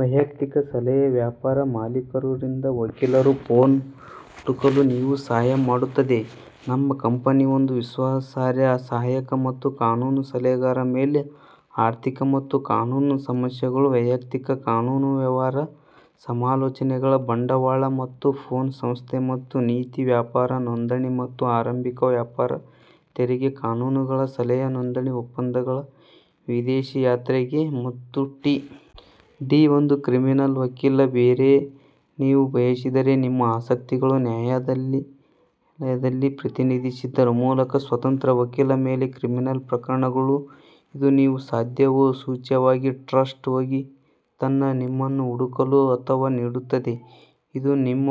ವೈಯಕ್ತಿಕ ಸಲಹೆ ವ್ಯಾಪಾರ ಮಾಲೀಕರು ರಿಂದ ವಕೀಲರು ಫೋನ್ ಹುಡುಕಲು ನೀವು ಸಹಾಯ ಮಾಡುತ್ತದೆ ನಮ್ಮ ಕಂಪನಿ ಒಂದು ವಿಶ್ವಾಸಾರ್ಹ ಸಹಾಯಕ ಮತ್ತು ಕಾನೂನು ಸಲಹೆಗಾರ ಮೇಲೆ ಆರ್ಥಿಕ ಮತ್ತು ಕಾನೂನು ಸಮಸ್ಯೆಗಳು. ವೈಯಕ್ತಿಕ ಕಾನೂನು ವ್ಯವಹಾರ ಸಮಾಲೋಚನೆಗಳ ಬಂಡವಾಳ ಮತ್ತು ಫೋನ್ ಸಂಸ್ಥೆ ಮತ್ತು ನೀತಿ ವ್ಯಾಪಾರ, ನೋಂದಣಿ ಮತ್ತು ಆರಂಭಿಕ ವ್ಯಾಪಾರ, ತೆರಿಗೆ ಕಾನೂನುಗಳು, ಸಲಹೆ ನೋಂದಣಿ ಒಪ್ಪಂದಗಳು ವಿದೇಶಿ ಯಾತ್ರೆಗೆ ಮತ್ತು ಟಿ. ಡಿ. ಒಂದು ಕ್ರಿಮಿನಲ್ ವಕೀಲ ಬೆಲೆ ನೀವು ಬಯಸಿದರೆ, ನಿಮ್ಮ ಆಸಕ್ತಿಗಳು ನ್ಯಾಯಾಲಯದಲ್ಲಿ ಪ್ರತಿನಿಧಿಸಿದ್ದರು ಮೂಲಕ ಸ್ವತಂತ್ರ ವಕೀಲ ಮೇಲೆ ಕ್ರಿಮಿನಲ್ ಪ್ರಕರಣಗಳು, ಇದು ನೀವು ಸಾಧ್ಯವೋ ಸೂಚ್ಯವಾಗಿ ಟ್ರಸ್ಟ್, ಹೋಗಿ ತನ್ನ ನಿಮ್ಮನ್ನು ಹುಡುಕಲು, ಅಥವಾ ನೀಡುತ್ತದೆ ಇದು ನಿಮ್ಮ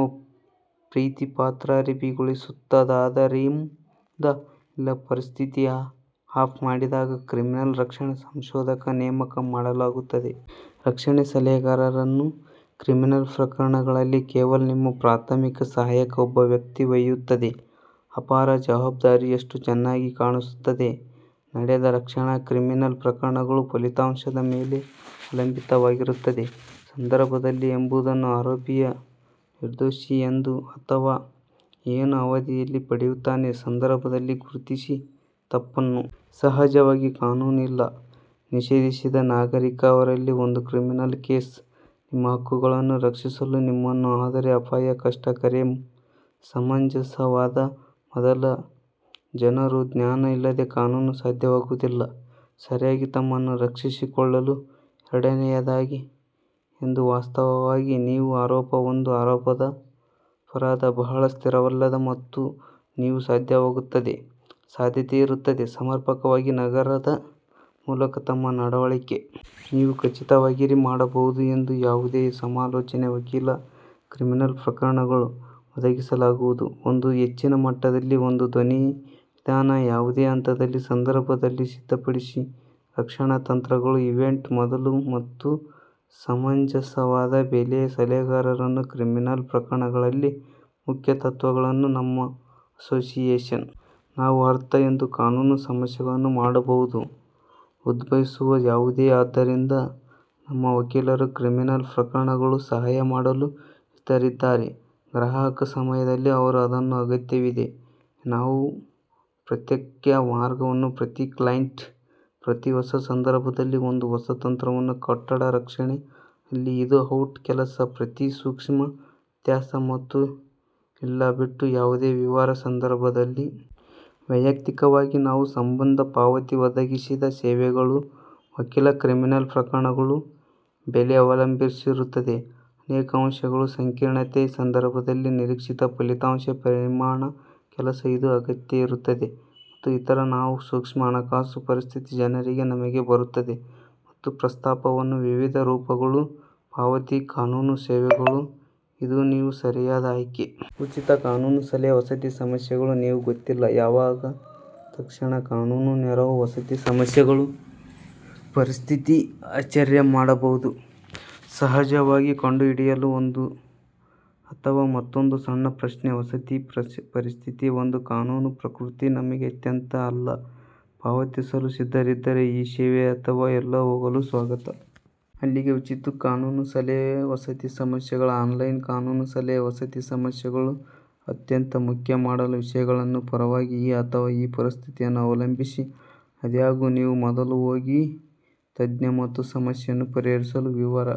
ಪ್ರೀತಿಪಾತ್ರರಬಿಗಿಗೊಳಿಸುತ್ತದಾದರಿಂದ ಇಲ್ಲ ಪರಿಸ್ಥಿತಿ ಅಪ್ ಮಾಡಿದಾಗ, ಕ್ರಿಮಿನಲ್ ರಕ್ಷಣಾ ಸಂಶೋಧಕ ನೇಮಕ ಮಾಡಲಾಗುತ್ತದೆ. ರಕ್ಷಣಾ ಸಲಹೆಗಾರರನ್ನು ಕ್ರಿಮಿನಲ್ ಪ್ರಕರಣಗಳಲ್ಲಿ ಕೇವಲ ನಿಮ್ಮ ಪ್ರಾಥಮಿಕ ಸಹಾಯಕ ಒಬ್ಬ ವ್ಯಕ್ತಿ ಒಯ್ಯುತ್ತದೆ ಅಪಾರ ಜವಾಬ್ದಾರಿ. ಎಷ್ಟು ಚೆನ್ನಾಗಿ ಕಾಣಿಸುತ್ತದೆ ನಡೆದ ರಕ್ಷಣಾ ಕ್ರಿಮಿನಲ್ ಪ್ರಕರಣಗಳು, ಫಲಿತಾಂಶದ ಮೇಲೆ ಅವಲಂಬಿತವಾಗಿರುತ್ತದೆ ಸಂದರ್ಭದಲ್ಲಿ ಎಂಬುದನ್ನು, ಆರೋಪಿಯ ನಿರ್ದೋಷಿಯೆಂದು, ಅಥವಾ ಏನು ಅವಧಿಯಲ್ಲಿ ಪಡೆಯುತ್ತಾನೆ ಸಂದರ್ಭದಲ್ಲಿ ಗುರುತಿಸಿ ತಪ್ಪನ್ನು. ಸಹಜವಾಗಿ, ಕಾನೂನು ಇಲ್ಲ ನಿಷೇಧಿಸಿದ ನಾಗರಿಕ ಅವರಲ್ಲಿ ಒಂದು ಕ್ರಿಮಿನಲ್ ಕೇಸ್, ನಿಮ್ಮ ಹಕ್ಕುಗಳನ್ನು ರಕ್ಷಿಸಲು ನಿಮ್ಮನ್ನು. ಆದರೆ ಅಪಾಯ ಕಷ್ಟ ಕರೆ ಸಮಂಜಸವಾದ ಮೊದಲ, ಜನರು ಜ್ಞಾನ ಇಲ್ಲದೆ ಕಾನೂನು ಸಾಧ್ಯವಾಗುವುದಿಲ್ಲ ಸರಿಯಾಗಿ ತಮ್ಮನ್ನು ರಕ್ಷಿಸಿಕೊಳ್ಳಲು. ಎರಡನೆಯದಾಗಿ, ಎಂದು ವಾಸ್ತವವಾಗಿ ನೀವು ಆರೋಪ ಒಂದು ಅಪರಾಧ ಬಹಳ ಸ್ಥಿರವಲ್ಲದ, ಮತ್ತು ನೀವು ಸಾಧ್ಯವಾಗುತ್ತದೆ ಸಾಧ್ಯತೆಯಿರುತ್ತದೆ ಸಮರ್ಪಕವಾಗಿ ನಗರದ ಮೂಲಕ ತಮ್ಮ ನಡವಳಿಕೆ. ನೀವು ಖಚಿತವಾಗಿರಿ ಮಾಡಬಹುದು ಎಂದು ಯಾವುದೇ ಸಮಾಲೋಚನೆ ವಕೀಲ ಕ್ರಿಮಿನಲ್ ಪ್ರಕರಣಗಳು ಒದಗಿಸಲಾಗುವುದು ಒಂದು ಹೆಚ್ಚಿನ ಮಟ್ಟದಲ್ಲಿ. ಒಂದು ಧ್ವನಿ ವಿಧಾನ ಯಾವುದೇ ಹಂತದಲ್ಲಿ ಸಂದರ್ಭದಲ್ಲಿ, ಸಿದ್ಧಪಡಿಸಿ ರಕ್ಷಣಾ ತಂತ್ರಗಳು ಈವೆಂಟ್ ಮೊದಲು, ಮತ್ತು ಸಮಂಜಸವಾದ ಬೆಲೆ ಸಲಹೆಗಾರರನ್ನು ಕ್ರಿಮಿನಲ್ ಪ್ರಕರಣಗಳಲ್ಲಿ ಮುಖ್ಯ ತತ್ವಗಳನ್ನು ನಮ್ಮ ಅಸೋಸಿಯೇಷನ್. ನಾವು ಅರ್ಥ ಎಂದು ಕಾನೂನು ಸಮಸ್ಯೆಗಳನ್ನು ಮಾಡಬಹುದು ಉದ್ಭವಿಸುವ ಯಾವುದೇ, ಆದ್ದರಿಂದ ನಮ್ಮ ವಕೀಲರು ಕ್ರಿಮಿನಲ್ ಪ್ರಕರಣಗಳು ಸಹಾಯ ಮಾಡಲು ಸಿದ್ಧರಿದ್ದಾರೆ ಗ್ರಾಹಕ ಸಮಯದಲ್ಲಿ ಅವರು ಅದನ್ನು ಅಗತ್ಯವಿದೆ. ನಾವು ಪ್ರತ್ಯೇಕ ಮಾರ್ಗವನ್ನು ಪ್ರತಿ ಕ್ಲೈಂಟ್ ಪ್ರತಿ ಹೊಸ ಸಂದರ್ಭದಲ್ಲಿ ಒಂದು ಹೊಸ ತಂತ್ರವನ್ನು ಕಟ್ಟಡ ರಕ್ಷಣೆ, ಅಲ್ಲಿ ಇದು ಔಟ್ ಕೆಲಸ ಪ್ರತಿ ಸೂಕ್ಷ್ಮ ವ್ಯತ್ಯಾಸ, ಮತ್ತು ಇಲ್ಲ ಬಿಟ್ಟು ಯಾವುದೇ ವಿವರ ಸಂದರ್ಭದಲ್ಲಿ. ವೈಯಕ್ತಿಕವಾಗಿ ನಾವು ಸಂಬಂಧ ಪಾವತಿ ಒದಗಿಸಿದ ಸೇವೆಗಳು ವಕೀಲ ಕ್ರಿಮಿನಲ್ ಪ್ರಕರಣಗಳು. ಬೆಲೆ ಅವಲಂಬಿಸಿರುತ್ತದೆ ಅನೇಕ ಅಂಶಗಳು: ಸಂಕೀರ್ಣತೆ ಸಂದರ್ಭದಲ್ಲಿ, ನಿರೀಕ್ಷಿತ ಫಲಿತಾಂಶ, ಪರಿಮಾಣ ಕೆಲಸ, ಇದು ಅಗತ್ಯ ಇರುತ್ತದೆ, ಮತ್ತು ಇತರ. ನಾವು ಸೂಕ್ಷ್ಮ ಹಣಕಾಸು ಪರಿಸ್ಥಿತಿ ಜನರಿಗೆ ನಮಗೆ ಬರುತ್ತದೆ, ಮತ್ತು ಪ್ರಸ್ತಾಪವನ್ನು ವಿವಿಧ ರೂಪಗಳು ಪಾವತಿ ಕಾನೂನು ಸೇವೆಗಳು, ಇದು ನೀವು ಸರಿಯಾದ ಆಯ್ಕೆ.. ಉಚಿತ ಕಾನೂನು ಸಲಹೆ ವಸತಿ ಸಮಸ್ಯೆಗಳು ನೀವು ಗೊತ್ತಿಲ್ಲ ಯಾವಾಗತಕ್ಷಣ ಕಾನೂನು ನೆರವು ವಸತಿ ಸಮಸ್ಯೆಗಳು. ಪರಿಸ್ಥಿತಿ ಆಶ್ಚರ್ಯ ಮಾಡಬಹುದು ಸಹಜವಾಗಿ. ಕಂಡುಹಿಡಿಯಲು ಒಂದು ಅಥವಾ ಮತ್ತೊಂದು ಸಣ್ಣ ಪ್ರಶ್ನೆ ವಸತಿ ಪರಿಸ್ಥಿತಿ ಒಂದು ಕಾನೂನು ಪ್ರಕೃತಿ. ನಮಗೆ ಅತ್ಯಂತ ಅಲ್ಲ ಪಾವತಿಸಲು ಸಿದ್ಧರಿದ್ದರೆ ಈ ಸೇವೆ ಅಥವಾ ಎಲ್ಲೋ ಹೋಗಲು ಸ್ವಾಗತ. ಅಲ್ಲಿಗೆ ಉಚಿತ ಕಾನೂನು ಸಲಹೆ ವಸತಿ ಸಮಸ್ಯೆಗಳು ಆನ್ಲೈನ್ ಕಾನೂನು ಸಲಹೆ ವಸತಿ ಸಮಸ್ಯೆಗಳು ಅತ್ಯಂತ ಮುಖ್ಯ ಮಾಡಲು ವಿಷಯಗಳನ್ನು ಪರವಾಗಿ ಈ ಅಥವಾ ಆ ಪರಿಸ್ಥಿತಿಯನ್ನು ಅವಲಂಬಿಸಿ. ಆದಾಗ್ಯೂ. ನೀವು ಮೊದಲು ಹೋಗಿ ತಜ್ಞ ಮತ್ತು ಸಮಸ್ಯೆಯನ್ನು ಪರಿಹರಿಸಲು ವಿವರ.